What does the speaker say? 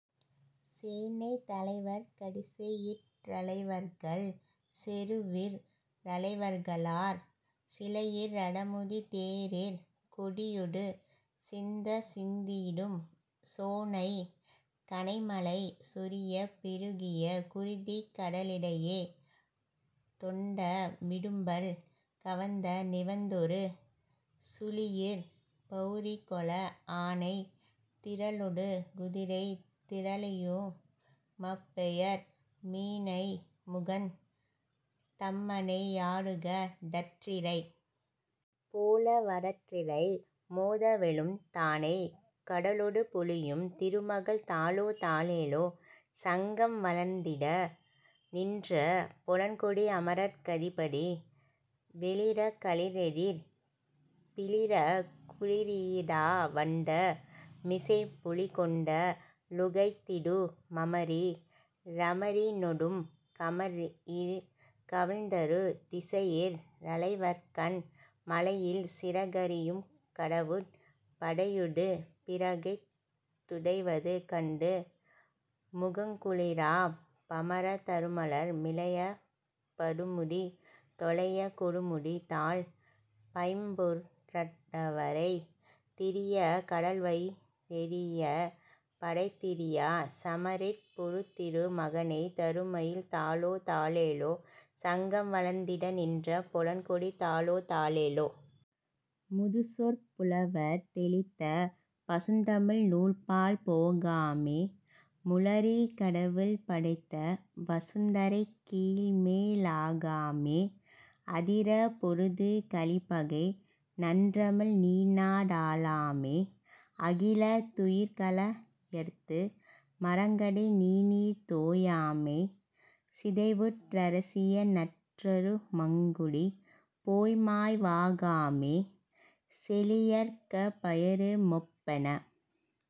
சேனைத் தலைவர் கடிசையிற் றலைவர்கள் செருவிற் றலைவர்களாற் சிலையிற் றடமுடி தேரிற் கொடியொடு சிந்தச் சிந்தியிடுஞ் சோனைக் கணைமழை சொரியப் பெருகிய குருதிக் கடலிடையே தொந்த மிடும்பல் கவந்த நிவந்தொரு சுழியிற் பவுரிகொள ஆனைத் திரளொடு குதிரைத் திரளையு மப்பெயர் மீனைமுகந் தம்மனை யாடுக டற்றிரை போல வடற்றிரை மோதவெழுந் தானைக் கடலொடு பொலியுந் திருமகள் தாலோ தாலேலோ சங்கம் வளர்ந்திட நின்ற பொலன்கொடி அமரர்க் கதிபதி வெளிறக் களிறெதிர் பிளிறக் குளிறியிடா வண்ட மிசைப்பொலி கொண்ட லுகைத்திடு மமரிற் றமரினொடுங் கமரிற் கவிழ்தரு திசையிற் றலைவர்கண் மலையில் சிறகரியுங் கடவுட் படையொடு பிறகிட் டுடைவது கண்டு முகங்குளிராப் பமரத் தருமலர் மிலையப் படுமுடி தொலையக் கொடுமுடி தாழ் பைம்பொற் றடவரை திரியக் கடல்வயி றெரியப் படைதிரியாச் சமரிற் பொருதிரு மகனைத் தருமயில் தாலோ தாலேலோ சங்கம் வளர்ந்திட நின்ற பொலன்கொடி தாலோ தாலேலோ. முதுசொற் புலவர் தெளித்த பசுந்தமிழ் நூல்பாழ் போகாமே முளரிக் கடவுள் படைத்த வசுந்தரை கீழ்மே லாகாமே அதிரப் பொருது கலிப்பகை ஞன்றமிழ் நீர்நா டாளாமே அகிலத் துயிர்கள யர்த்து மறங்கடை நீணீர் தோயாமே சிதைவுற் றரசிய னற்றரு மங்குடி போய்மாய் வாகாமே செழியர்க்க பயரு மொப்பென